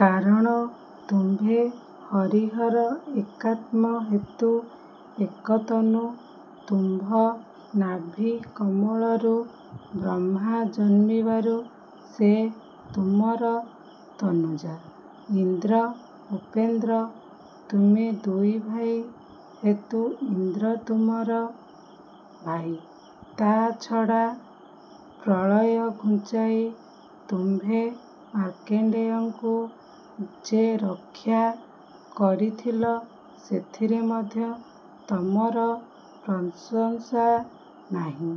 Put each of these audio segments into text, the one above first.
କାରଣ ତୁମ୍ଭେ ହରିହର ଏକାତ୍ମା ହେତୁ ଏକତନୁ। ତୁମ୍ଭ ନାଭୀ କମଳରୁ ବ୍ରହ୍ମା ଜନ୍ମିବାରୁ ସେ ତୁମର ତନୁଜ। ଇନ୍ଦ୍ର ଉପେନ୍ଦ୍ର ତୁମ୍ଭେ ଦୁଇଭାଇ ହେତୁ ଇନ୍ଦ୍ର ତୁମାର ଭାଇ। ତା ଛଡ଼ା ପ୍ରଳୟ ଘୁଞ୍ଚାଇ ତୁମ୍ଭେ ମାର୍କଣ୍ଡେୟଙ୍କୁ ଯେ ରକ୍ଷା କରିଥିଲ ସେଥିରେ ମଧ୍ୟ ତମର ପ୍ରଶଂସା ନାହିଁ।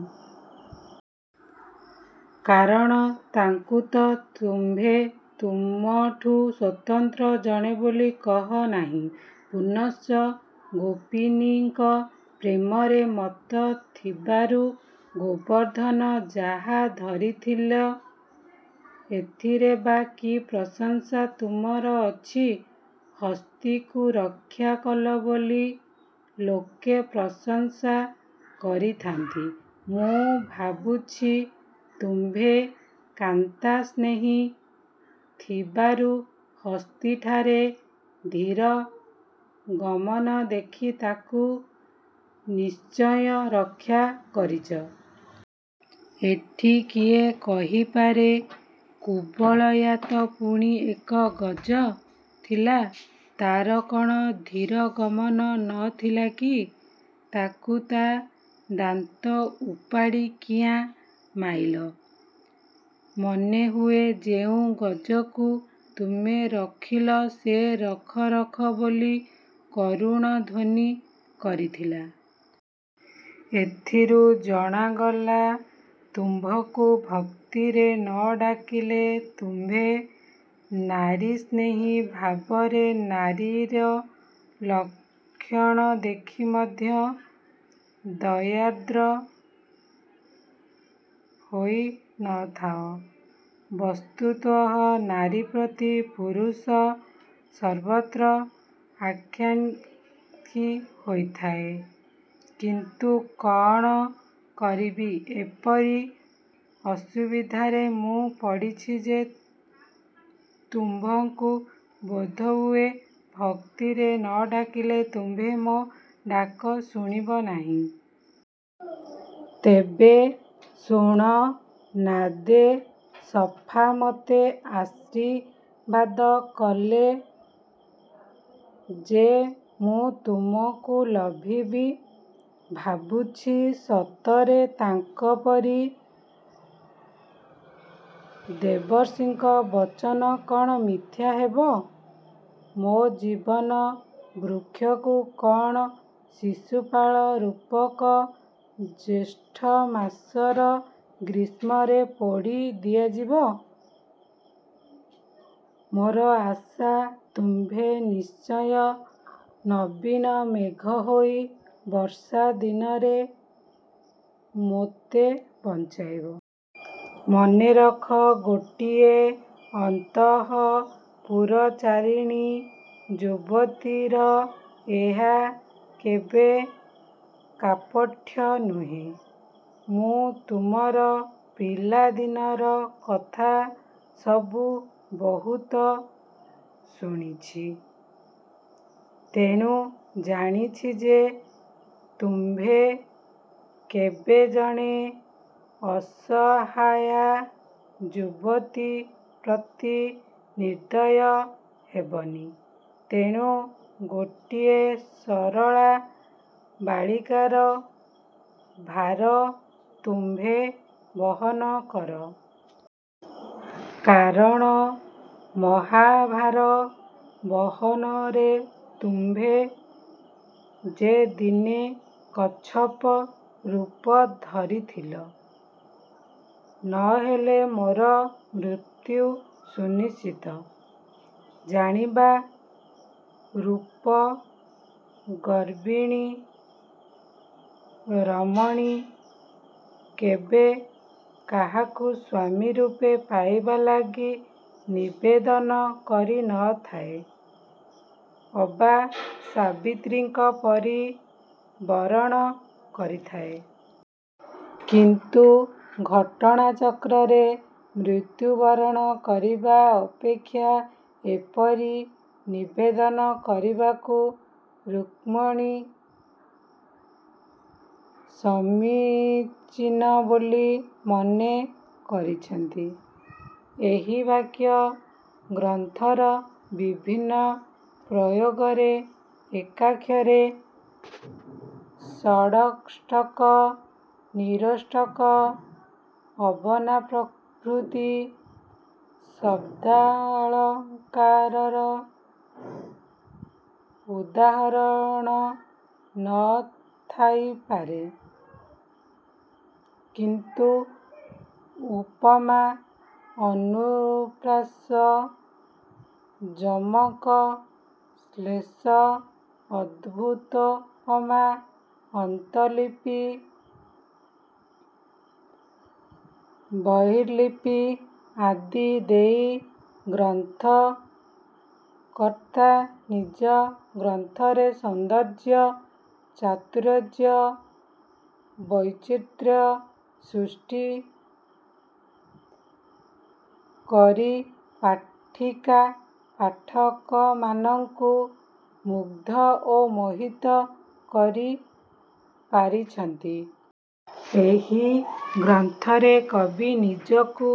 କାରଣ ତାଙ୍କୁ ତ ତୁମ୍ଭେ ତୁମଠୁ ସ୍ୱତନ୍ତ୍ର ଜଣେ ବୋଲି କହ ନାହିଁ। ପୁନଶ୍ଚ ଗୋପୀନୀଙ୍କ ପ୍ରେମରେ ମତ୍ତ ଥିବାରୁ ଗୋବର୍ଦ୍ଧନ ଯାହା ଧରିଥିଲ, ଏଥିରେ ବା କି ପ୍ରଶଂସା ତୁମର ଅଛି? ହସ୍ତୀକୁ ରକ୍ଷା କଲ ବୋଲି ଲୋକେ ପ୍ରଶଂସା କରିଥାନ୍ତି। ମୁଁ ଭାବୁଛି ତୁମ୍ଭେ କାନ୍ତା ସ୍ନେହୀ ଥିବାରୁ ହସ୍ତୀଠାରେ ଧୀର ଗମନ ଦେଖି ତାକୁ ନିଶ୍ଚୟ ରକ୍ଷା କରିଚ। ଏଠି କିଏ କହିପାରେ, କୁବଳୟା ତ ପୁଣି ଏକ ଗଜ ଥିଲା। ତା'ର କ'ଣ ଧୀର ଗମନ ନ ଥିଲା କି? ତାକୁ ତା ଦାନ୍ତ ଉପାଡ଼ି କିଆଁ ମାଇଲ? ମନେ ହୁଏ ଯେଉଁ ଗଜକୁ ତୁମେ ରଖିଲ ସେ ରଖ ରଖ ବୋଲି କରୁଣ ଧ୍ୱନି କରିଥିଲା। ଏଥିରୁ ଜଣାଗଲା ତୁମ୍ଭଙ୍କୁ ଭକ୍ତିରେ ନ ଡାକିଲେ ତୁମ୍ଭେ ନାରୀ ସ୍ନେହୀ ଭାବରେ ନାରୀର ଲକ୍ଷଣ ଦେଖି ମଧ୍ୟ ଦୟାର୍ଦ୍ର ହୋଇ ନ ଥାଅ। ବସ୍ତୁତଃ ନାରୀ ପ୍ରତି ପୁରୁଷ ସର୍ବତ୍ର ଆକାଙ୍କ୍ଷୀ ହୋଇଥାଏ। କିନ୍ତୁ କଣ କରିବି ଏପରି ଅସୁବିଧାରେ ମୁଁ ପଡ଼ିଛି ଯେ ତୁମ୍ଭଙ୍କୁ ବୋଧହୁଏ ଭକ୍ତିରେ ନ ଡାକିଲେ ତୁମ୍ଭେ ମୋ ଡାକ ଶୁଣିବ ନାହିଁ। ତେବେ ଶୁଣ- ନାଦେ ସଫା ମତେ ଆଶୀର୍ବାଦ କଲେ ଯେ ମୁଁ ତୁମକୁ ଲଭିବି। ଭାବୁଛି, ସତରେ ତାଙ୍କ ପରି ଦେବର୍ଷିଙ୍କ ବଚନ କଣ ମିଥ୍ୟା ହେବ? - ମୋ ଜୀବ ବୃକ୍ଷକୁ କଣ ଶିଶୁପାଳ ରୂପକ ଜ୍ୟେଷ୍ଠ ମାସର ଗ୍ରୀଷ୍ମରେ ପୋଡ଼ି ଦିଆଯିବ? ମୋର ଆଶା, ତୁମ୍ଭେ ନିଶ୍ଚୟ ନବୀନ ମେଘ ହୋଇ ବର୍ଷାଦିନରେ ମୋତେ ବଞ୍ଚାଇବ। ମନେ ରଖ, ଗୋଟିଏ ଅନ୍ତଃପୁରଚାରିଣୀ ଯୁବତୀର ଏହା କେବେ କାପଟ୍ୟ ନୁହେଁ। ମୁଁ ତୁମର ପିଲା ଦିନର କଥା ସବୁ ବହୁତ ଶୁଣିଛି। ତେଣୁ ଜାଣିଛି ଯେ- ତୁମ୍ଭେ କେବେ ଜଣେ ଅସହାୟା ଯୁବତୀ ପ୍ରତି ନିର୍ଦ୍ଦୟ ହେବନି। ତେଣୁ ଗୋଟିଏ ସରଳା ବାଳିକାର ଭାର ତୁମ୍ଭେ ବହନ କର। କାରଣ ମହା ଭାର ବହନରେ ତୁମ୍ଭେ ଯେ ଦିନେ କଚ୍ଛପ ରୁପ ଧରିଥିଲ? ନ ହେଲେ ମୋର ମୃତ୍ୟୁ ସୁନିଶ୍ଚିତ ଜାଣିବ। ରୂପ ଗର୍ବିଣୀ ରମଣୀ କେବେ କାହାକୁ ସ୍ୱାମୀ ରୂପେ ପାଇବା ଲାଗି ନିବେଦନ କରି ନ ଥାଏ। ଅବା ସାବିତ୍ରୀଙ୍କ ପରି ବରଣ କରିଥାଏ। କିନ୍ତୁ ଘଟଣା ଚକ୍ରରେ ମୃତ୍ୟୁ ବରଣ କରିବା ଅପେକ୍ଷା ଏପରି ନିବେଦନ କରିବାକୁ ରୁକ୍ମିଣୀ ସମୀଚୀନ ବୋଲି ମନେ କରିଛନ୍ତି। ଏହି କାବ୍ୟ ଗ୍ରନ୍ଥର ବିଭିନ୍ନ ପ୍ରୟୋଗରେ ଏକାକ୍ଷର, ସଡ଼ଷ୍ଠକ, ନିରୋଷ୍ଠକ, ଅବନା ପ୍ରଭୃତି ଶବ୍ଦାଳଙ୍କାରର ଉଦାହରଣ ନ ଥାଇପାରେ; କିନ୍ତୁ ଉପମା, ଅନୁପ୍ରାସ, ଯମକ, ଶ୍ଳେଷ, ଅଦଭୁତୋପମା, ଅନ୍ତର୍ଲିପି, ବହିର୍ଲିପି ଆଦି ଦେଇ ଗ୍ରନ୍ଥକର୍ତ୍ତା ନିଜ ଗ୍ରନ୍ଥରେ ସୌନ୍ଦର୍ଯ୍ୟ, ଚାତୁର୍ଯ୍ୟ ବୈଚିତ୍ର୍ୟ ସୃଷ୍ଟି କରି ପାଠିକା ପାଠକମାନଙ୍କୁ ମୁଗ୍ଧ ଓ ମୋହିତ କରି ପାରିଛନ୍ତି। ଏହି ଗ୍ରନ୍ଥରେ କବି ନିଜକୁ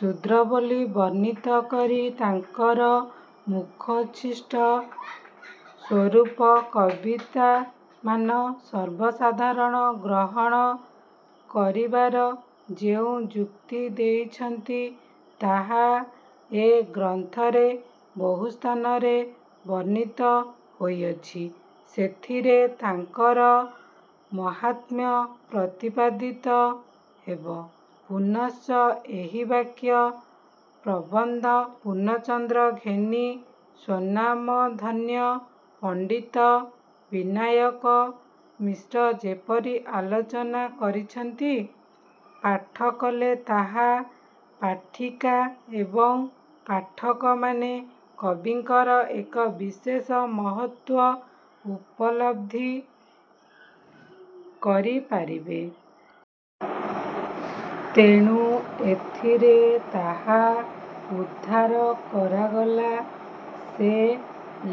ଶୁଦ୍ର ବୋଲି ବର୍ଣ୍ଣିତ କରି ତାଙ୍କର ମୁଖୋଚ୍ଛିଷ୍ଟ ସ୍ୱରୂପ କବିତାମାନ ସର୍ବସାଧାରଣ ଗ୍ରହଣ କରିବାର ଯେଉଁ ଯୁକ୍ତି ଦେଇଛନ୍ତି ତାହା ଏ ଗ୍ରନ୍ଥରେ ବହୁ ସ୍ଥାନରେ ବର୍ଣ୍ଣିତ ହୋଇଅଛି। ସେଥିରୁ ତାଙ୍କର ମାହାତ୍ମ୍ୟ ପ୍ରତିପାଦିତ ହେବ। ପୁନଶ୍ଚ ଏହି କାବ୍ୟ ପ୍ରବନ୍ଧ-ପୂର୍ଣ୍ଣଚନ୍ଦ୍ର ଘେନି ସ୍ୱନାମଧନ୍ୟ ପଣ୍ଡିତ ବିନାୟକ ମିଶ୍ର ଯେପରି ଆଲୋଚନା କରିଛନ୍ତି, ପାଠ କଲେ ତାହା ପାଠିକା ଏବଂ ପାଠକମାନେ କବିଙ୍କର ଏକ ବିଶେଷ ମହତ୍ୱ ଉପଲବ୍ଧି କରିପାରିବେ। ତେଣୁ ଏଥିରେ ତାହା ଉଦ୍ଧାର କରାଗଲା। ସେ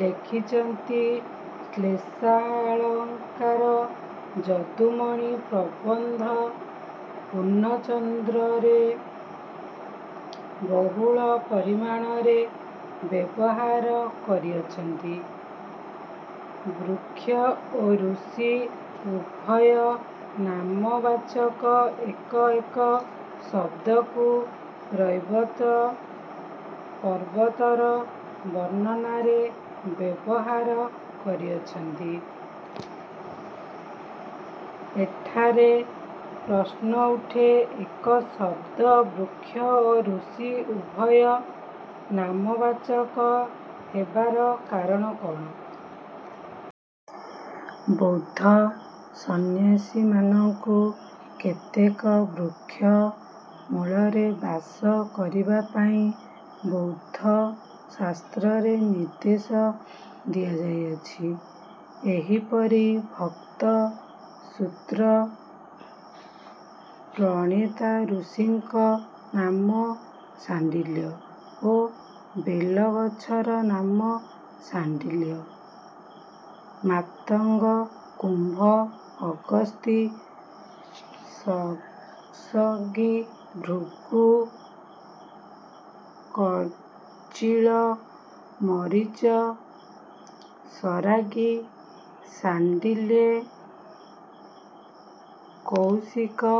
ଲେଖିଛନ୍ତି - ''ଶ୍ଲେଷାଳଙ୍କାର, ଯଦୁମଣି ପ୍ରବନ୍ଧ ପୂର୍ଣ୍ଣଚନ୍ଦ୍ରରେ ବହୁଳ ପରିମାଣରେ ବ୍ୟବହାର କରିଅଛନ୍ତି। ବୃକ୍ଷ ଓ ଋଷି ଉଭୟ ନାମବାଚକ ଏକ ଏକ ଶବ୍ଦକୁ ରୈବତ ପର୍ବତର ବର୍ଣ୍ଣନାରେ ବ୍ୟବହାର କରିଅଛନ୍ତି। ଏଠାରେ ପ୍ରଶ୍ନ ଉଠେ, ଏକ ଶବ୍ଦ ବୃକ୍ଷ ଓ ଋଷି ଉଭୟ ନାମବାଚକ ହେବାର କାରଣ କଣ? ବୌଦ୍ଧ ସନ୍ନ୍ୟାସୀମାନଙ୍କୁ କେତେକ ବୃକ୍ଷ ମୂଳରେ ବାସ କରିବା ପାଇଁ ବୌଦ୍ଧ ଶାସ୍ତ୍ରରେ ନିର୍ଦ୍ଦେଶ ଦିଆଯାଇଅଛି। ଏହିପରି ଭକ୍ତ ସୂତ୍ର ପ୍ରଣେତା ଋଷିଙ୍କ ନାମ ଶାଣ୍ଡିଲ୍ୟ ଓ ବେଲଗଛର ନାମ ସାଣ୍ଡିଲ୍ୟ। ମାତଙ୍ଗ କୁମ୍ଭ ଅଗସ୍ତୀ ସଂସଗୀ ଭୃଗୁ କଚିଳ ମରିଚ ସରାଗୀ ଶାଣ୍ଡିଲ୍ୟେ କଉଶିକ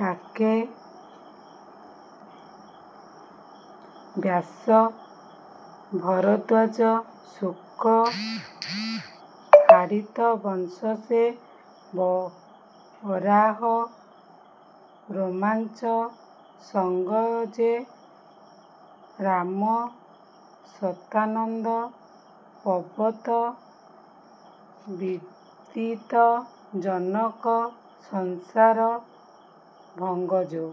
ଡ଼ାକେ ବ୍ୟାସ ଭରଦ୍ୱାଜ ଶୁକ ହାରିତ ବଂଶ ସେ ବରାହ ରୋମାଞ୍ଚ ସଙ୍ଗ ଯେ ରାମ ଶତାନନ୍ଦ ପବତ ବିଦିତ ଜନକ ସଂସାର ଭଙ୍ଗ ଯେ।